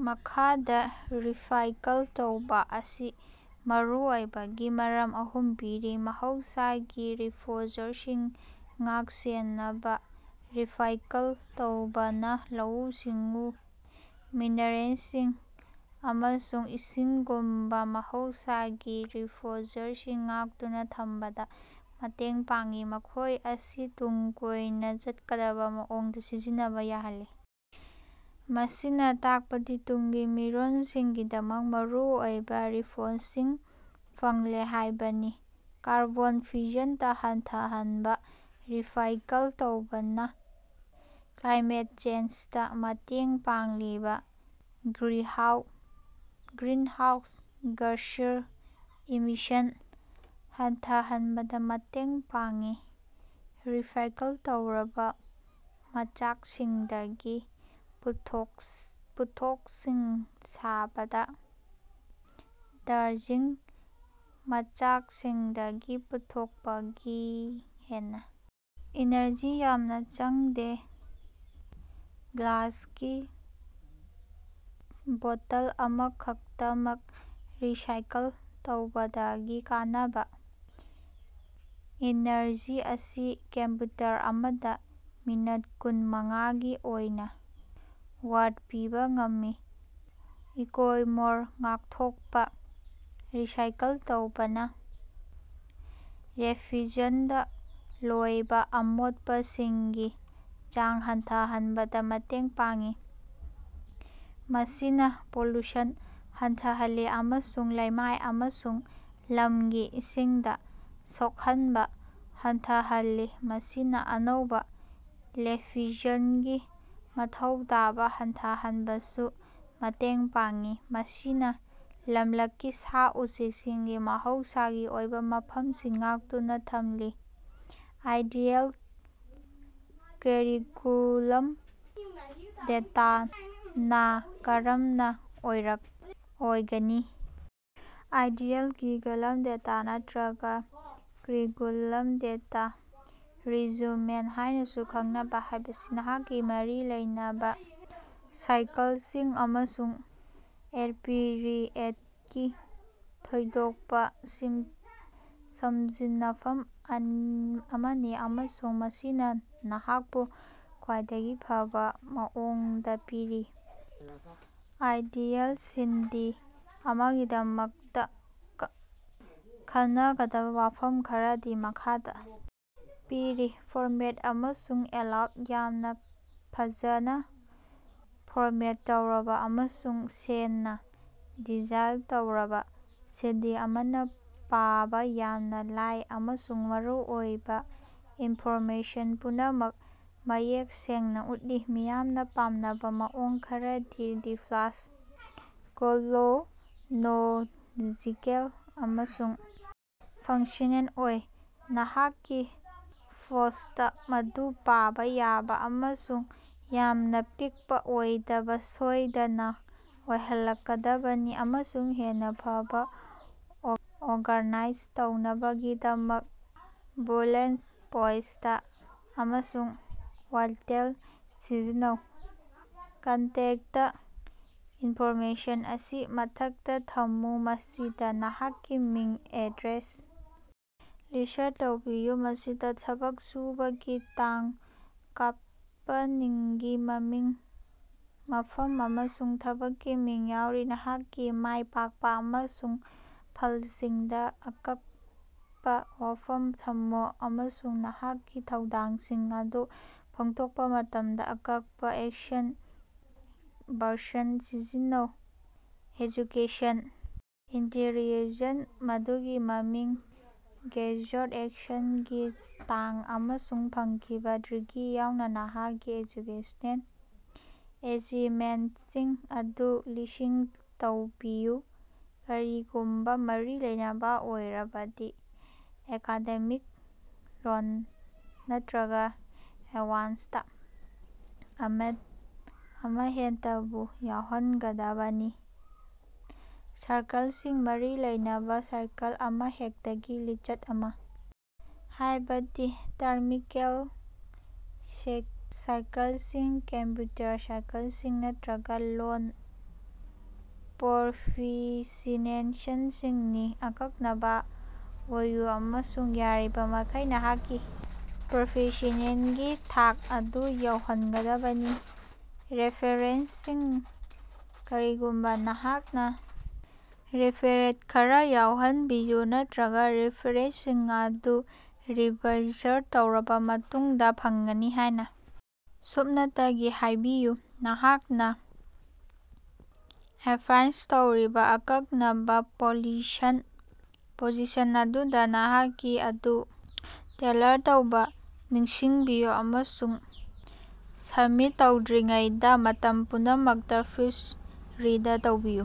ꯃꯈꯥꯗ ꯔꯤꯁꯥꯏꯀꯜ ꯇꯧꯕꯥ ꯑꯁꯤ ꯃꯔꯨꯑꯣꯏꯕꯒꯤ ꯃꯔꯝ ꯑꯍꯨꯝ ꯄꯤꯔꯤ - ꯃꯍꯧꯁꯥꯒꯤ ꯔꯤꯁꯣꯔꯁꯁꯤꯡ ꯉꯥꯛ-ꯁꯦꯅꯕ - ꯔꯤꯁꯥꯏꯀꯜ ꯇꯧꯕꯅ ꯂꯧꯎ-ꯁꯤꯡꯎ, ꯃꯤꯅꯔꯦꯜꯁꯤꯡ, ꯑꯃꯁꯨꯡ ꯏꯁꯤꯡꯒꯨꯝꯕ ꯃꯍꯧꯁꯥꯒꯤ ꯔꯤꯁꯣꯔꯁꯁꯤꯡ ꯉꯥꯛꯇꯨꯅ ꯊꯝꯕꯗ ꯃꯇꯦꯡ ꯄꯥꯡꯏ, ꯃꯈꯣꯏ ꯑꯁꯤ ꯇꯨꯡ ꯀꯣꯏꯅ ꯆꯠꯀꯗꯕ ꯃꯑꯣꯡꯗ ꯁꯤꯖꯤꯟꯅꯕ ꯌꯥꯍꯜꯂꯤ꯫ ꯃꯁꯤꯅ ꯇꯥꯛꯄꯗꯤ ꯇꯨꯡꯒꯤ ꯃꯤꯔꯣꯜꯒꯤꯗꯃꯛ ꯃꯔꯨꯑꯣꯏꯕ ꯔꯤꯁꯣꯔꯁꯁꯤꯡ ꯐꯪꯂꯦ ꯍꯥꯏꯕꯅꯤ꯫ ꯀꯥꯔꯕꯣꯟ ꯐꯨꯠꯄ꯭ꯔꯤꯟꯇ ꯍꯟꯊꯍꯟꯕ - ꯔꯤꯁꯥꯏꯀꯜ ꯇꯧꯕꯅ ꯀ꯭ꯂꯥꯏꯃꯦꯠ ꯆꯦꯟꯖꯗ ꯃꯇꯦꯡ ꯄꯥꯡꯂꯤꯕ ꯒ꯭ꯔꯤꯟꯍꯥꯎꯁ ꯒ꯭ꯌꯥꯁ ꯏꯃꯤꯁꯟ ꯍꯟꯊꯍꯟꯕꯗ ꯃꯇꯦꯡ ꯄꯥꯡꯏ꯫ ꯔꯤꯁꯥꯏꯀꯜ ꯇꯧꯔꯕ ꯃꯆꯥꯛꯁꯤꯡꯗꯒꯤ ꯄꯣꯠꯊꯣꯛꯁꯤꯡ ꯁꯥꯕꯗ ꯚꯥꯔꯖꯤꯟ ꯃꯆꯥꯛꯁꯤꯡꯗꯒꯤ ꯄꯨꯊꯣꯛꯄꯗꯒꯤ ꯍꯦꯟꯅ ꯏꯅꯔꯖꯤ ꯌꯥꯝꯅ ꯆꯪꯗꯦ꯫ ꯒ꯭ꯂꯥꯁꯀꯤ ꯕꯣꯇꯜ ꯑꯃꯈꯛꯇꯃꯛ ꯔꯤꯁꯥꯏꯀꯜ ꯇꯧꯕꯗꯒꯤ ꯀꯥꯟꯅꯕ ꯑꯦꯅꯔꯖꯤ ꯑꯁꯤ ꯀꯝꯄ꯭ꯌꯨꯇꯔ ꯑꯃꯗ ꯃꯤꯅꯠ ꯀꯨꯟ ꯃꯉꯥꯒꯤ ꯑꯣꯏꯅ ꯄꯥꯋꯔ ꯄꯤꯕ ꯉꯝꯃꯤ꯫ ꯑꯀꯣꯏꯔꯣꯟ ꯉꯥꯛꯊꯣꯛꯄ - ꯔꯤꯁꯥꯏꯀꯜ ꯇꯧꯕꯅ ꯂꯦꯟꯗꯐꯤꯜꯁꯤꯡꯗ ꯂꯣꯏꯕ ꯑꯃꯣꯠꯄꯁꯤꯡꯒꯤ ꯆꯥꯡ ꯍꯟꯊꯍꯟꯕꯗ ꯃꯇꯦꯡ ꯄꯥꯡꯏ, ꯃꯁꯤꯅ ꯄꯣꯂꯨꯁꯟ ꯍꯟꯊꯍꯜꯂꯤ ꯑꯃꯁꯨꯡ ꯂꯩꯃꯥꯏ ꯑꯃꯁꯨꯡ ꯂꯝꯒꯤ ꯏꯁꯤꯡꯗ ꯁꯣꯛꯍꯟꯕ ꯍꯟꯊꯍꯜꯂꯤ꯫ ꯃꯁꯤꯅ ꯑꯅꯧꯕ ꯂꯦꯟꯗꯐꯤꯜꯁꯤꯡꯒꯤ ꯃꯊꯧ ꯇꯥꯕ ꯍꯟꯊꯍꯟꯕꯗꯁꯨ ꯃꯇꯦꯡ ꯄꯥꯡꯏ, ꯃꯁꯤꯅ ꯂꯝꯂꯛꯀꯤ ꯁꯥ-ꯎꯆꯦꯛꯁꯤꯡꯒꯤ ꯃꯍꯧꯁꯥꯒꯤ ꯑꯣꯏꯕ ꯃꯐꯝꯁꯤꯡ ꯉꯥꯛꯇꯨꯅ ꯊꯝꯂꯤ꯫ ꯑꯥꯏꯗꯤꯌꯥꯜ ꯀꯔꯤꯀꯨꯂꯝ ꯚꯤꯇꯦ ꯅꯥ ꯅꯀꯔꯝꯅ ꯑꯣꯏꯒꯅꯤ? ꯑꯥꯏꯗꯤꯌꯥꯜ ꯀꯔꯤꯀꯨꯂꯝ ꯚꯤꯇꯦ ꯅꯠꯇꯔꯒ ꯀꯔꯤꯀꯨꯂꯝ ꯚꯤꯇꯦ ꯔꯤꯖ꯭ꯌꯨꯃꯦ ꯍꯥꯏꯅꯁꯨ ꯈꯪꯅꯕ ꯍꯥꯏꯕꯁꯤ ꯅꯍꯥꯛꯀꯤ ꯃꯔꯤ ꯂꯩꯅꯕ ꯁ꯭ꯀꯤꯜꯁꯤꯡ ꯑꯃꯁꯨꯡ ꯑꯦꯛꯁꯄꯤꯔꯤꯑꯦꯟꯁꯀꯤ ꯊꯣꯏꯗꯣꯛꯄ ꯁꯝꯖꯤꯟꯅꯐꯝ ꯑꯃꯅꯤ ꯑꯃꯁꯨꯡ ꯃꯁꯤꯅ ꯅꯍꯥꯛꯄꯨ ꯈ꯭ꯋꯥꯏꯗꯒꯤ ꯐꯕꯥ ꯃꯑꯣꯡꯗ ꯄꯤꯔꯤ꯫ ꯑꯥꯏꯗꯤꯌꯥꯜ ꯁꯤꯚꯤ ꯑꯃꯒꯤꯗꯃꯛꯇ ꯈꯟꯅꯒꯗꯕ ꯋꯥꯐꯝ ꯈꯔꯗꯤ ꯃꯈꯥꯗ ꯄꯤꯔꯤ - ꯐꯣꯔꯃꯦꯠ ꯑꯃꯁꯨꯡ ꯂꯦꯑꯥꯎꯠ - ꯌꯥꯝꯅ ꯐꯖꯅ ꯐꯣꯔꯃꯦꯠ ꯇꯧꯔꯕ ꯑꯃꯁꯨꯡ ꯁꯦꯡꯅ ꯗꯤꯖꯥꯏꯟ ꯇꯧꯔꯕ ꯁꯤꯚꯤ ꯑꯃꯅ ꯄꯥꯕ ꯌꯥꯝꯅ ꯂꯥꯏ ꯑꯃꯁꯨꯡ ꯃꯔꯨꯑꯣꯏꯕ ꯏꯟꯐꯣꯔꯃꯦꯁꯟ ꯄꯨꯝꯅꯃꯛ ꯃꯌꯦꯛ ꯁꯦꯡꯅ ꯎꯠꯂꯤ꯫ ꯃꯤꯌꯥꯝꯅ ꯄꯥꯝꯅꯕ ꯃꯑꯣꯡ ꯈꯔꯗꯤ ꯔꯤꯚꯥꯔꯁ ꯀ꯭ꯔꯣꯅꯣꯂꯣꯖꯤꯀꯦꯜ ꯑꯃꯁꯨꯡ ꯐꯪꯛꯁ꯭ꯅꯦꯜ ꯑꯣꯏ꯫ ꯅꯍꯥꯛꯀꯤ ꯐꯣꯟꯇ ꯑꯗꯨ ꯄꯥꯕ ꯌꯥꯕ ꯑꯃꯁꯨꯡ ꯌꯥꯝꯅ ꯄꯤꯛꯄ ꯑꯣꯏꯗꯕ ꯁꯣꯏꯗꯅ ꯑꯣꯏꯍꯟꯒꯗꯕꯅꯤ, ꯑꯃꯁꯨꯡ ꯍꯦꯟꯅ ꯐꯕ ꯑꯣꯔꯒꯥꯅꯥꯏꯖ ꯇꯧꯅꯕꯒꯤꯗꯃꯛ ꯕꯨꯂꯦꯠ ꯄꯣꯏꯟꯇ ꯑꯃꯁꯨꯡ ꯋꯥꯏꯇꯦꯞ ꯁꯤꯖꯤꯟꯅꯧ꯫ ꯀꯟꯇꯦꯛꯇ ꯏꯟꯐꯣꯔꯃꯦꯁꯟ - ꯃꯁꯤ ꯃꯊꯛꯇ ꯊꯝꯃꯨ, ꯃꯁꯤꯗ ꯅꯍꯥꯛꯀꯤ ꯃꯤꯡ, ꯑꯦꯗ꯭ꯔꯦꯁ, ꯂꯤꯁ꯭ꯠ ꯇꯧꯕꯤꯌꯨ, ꯃꯁꯤꯗ ꯊꯕꯛ ꯁꯨꯕꯒꯤ ꯇꯥꯡ, ꯀꯝꯄꯅꯤꯒꯤ ꯃꯃꯤꯡ, ꯃꯐꯝ, ꯑꯃꯁꯨꯡ ꯊꯕꯛꯀꯤ ꯃꯤꯡ ꯌꯥꯎꯔꯤ꯫ ꯅꯍꯥꯛꯀꯤ ꯃꯥꯏ ꯄꯥꯛꯄ ꯑꯃꯁꯨꯡ ꯐꯜꯁꯤꯡꯗ‌ ꯑꯀꯟꯕ ꯋꯥꯐꯝ ꯊꯝꯃꯨ, ꯑꯃꯁꯨꯡ ꯅꯍꯥꯛꯀꯤ ꯊꯧꯗꯥꯡꯁꯤꯡ ꯑꯗꯨ ꯐꯣꯡꯗꯣꯛꯄ ꯃꯇꯝꯗ ꯑꯀꯟꯕ ꯑꯦꯛꯁꯟ ꯕꯔꯕꯁꯤꯡ ꯁꯤꯖꯤꯟꯅꯧ꯫ ꯑꯦꯖꯨꯀꯦꯁꯟ - ꯏꯟꯁꯇꯤꯇ꯭ꯌꯨꯁꯟ ꯑꯗꯨꯒꯤ ꯃꯃꯤꯡ, ꯒ꯭ꯔꯦꯖꯨꯑꯦꯁꯟꯒꯤ ꯇꯥꯡ, ꯑꯃꯁꯨꯡ ꯐꯪꯈꯤꯕ ꯗꯤꯒ꯭ꯔꯤ ꯌꯥꯎꯅ ꯅꯍꯥꯛꯀꯤ ꯑꯦꯖꯨꯀꯦꯁꯅꯦꯜ ꯑꯦꯆꯤꯚꯃꯦꯟꯇꯁꯤꯡ ꯑꯗꯨ ꯂꯤꯁ꯭ꯠ ꯇꯧꯕꯤꯌꯨ꯫ ꯀꯔꯤꯒꯨꯝꯕ ꯃꯔꯤ ꯂꯩꯅꯕ ꯑꯣꯏꯔꯕꯗꯤ, ꯑꯦꯀꯥꯗꯦꯃꯤꯛ ꯑꯣꯅꯔ ꯅꯠꯇꯔꯒ ꯑꯦꯋꯥꯔꯗ ꯑꯃꯍꯦꯛꯇꯕꯨ ꯌꯥꯎꯍꯟꯒꯗꯕꯅꯤ꯫ ꯁ꯭ꯀꯤꯜꯁꯤꯡ - ꯃꯔꯤ ꯂꯩꯅꯕ ꯁ꯭ꯀꯤꯜ ꯑꯃꯍꯦꯛꯇꯒꯤ ꯂꯤꯁ꯭ꯠ ꯑꯃ, ꯍꯥꯏꯕꯗꯤ ꯇꯦꯛꯅꯤꯀꯦꯜ ꯁ꯭ꯀꯤꯜꯁꯤꯡ, ꯀꯝꯄ꯭ꯌꯨꯇꯔ ꯁ꯭ꯀꯤꯜꯁꯤꯡ, ꯅꯠꯇꯔꯒ ꯂꯣꯜ ꯄ꯭ꯔꯣꯐꯤꯁꯤꯑꯦꯟꯁꯤꯁꯤꯡꯅꯤ꯫ ꯑꯀꯛꯅꯕ ꯑꯣꯏꯌꯨ ꯑꯃꯁꯨꯡ ꯌꯥꯔꯤꯕꯃꯈꯩ ꯅꯍꯥꯛꯀꯤ ꯄ꯭ꯔꯣꯐꯤꯁꯤꯑꯦꯟꯁꯤꯒꯤ ꯊꯥꯛ ꯑꯗꯨ ꯌꯥꯎꯍꯟꯒꯗꯕꯅꯤ꯫ ꯔꯦꯐꯥꯔꯦꯟꯁꯁꯤꯡ -ꯀꯔꯤꯒꯨꯝꯕ ꯅꯍꯥꯛꯅ ꯁ꯭ꯄꯦꯁ ꯂꯩꯔꯕꯗꯤ, ꯔꯦꯐꯥꯔꯦꯟꯁ ꯈꯔꯥ ꯌꯥꯎꯍꯟꯕꯤꯌꯨ, ꯅꯠꯇꯔꯒ ꯔꯤꯐꯔꯦꯟꯁꯁꯤꯡ ꯑꯁꯤ ꯔꯤꯛꯕꯦꯁ꯭ꯠ ꯇꯧꯔꯕ ꯃꯇꯨꯡꯗ ꯐꯪꯒꯅꯤ ꯍꯥꯏꯅ ꯁꯨꯞꯅꯇꯒꯤ ꯍꯥꯏꯕꯤꯌꯨ꯫ ꯅꯍꯥꯛꯅ ꯑꯦꯄ꯭ꯂꯥꯏ ꯇꯧꯔꯤꯕ ꯑꯀꯛꯅꯕ ꯄꯣꯖꯤꯁꯟ ꯑꯗꯨꯗ‌ ꯅꯍꯥꯛꯀꯤ ꯑꯗꯨ ꯇꯦꯜꯂꯔ ꯇꯧꯕ ꯅꯤꯡꯁꯤꯡꯕꯤꯌꯨ, ꯑꯃꯁꯨꯡ ꯁꯕꯃꯤꯠ ꯇꯧꯗ꯭ꯔꯤꯉꯩꯗ ꯃꯇꯝ ꯄꯨꯝꯅꯃꯛꯇ ꯄ꯭ꯔꯨꯐ ꯔꯤꯗ ꯇꯧꯕꯤꯌꯨ꯫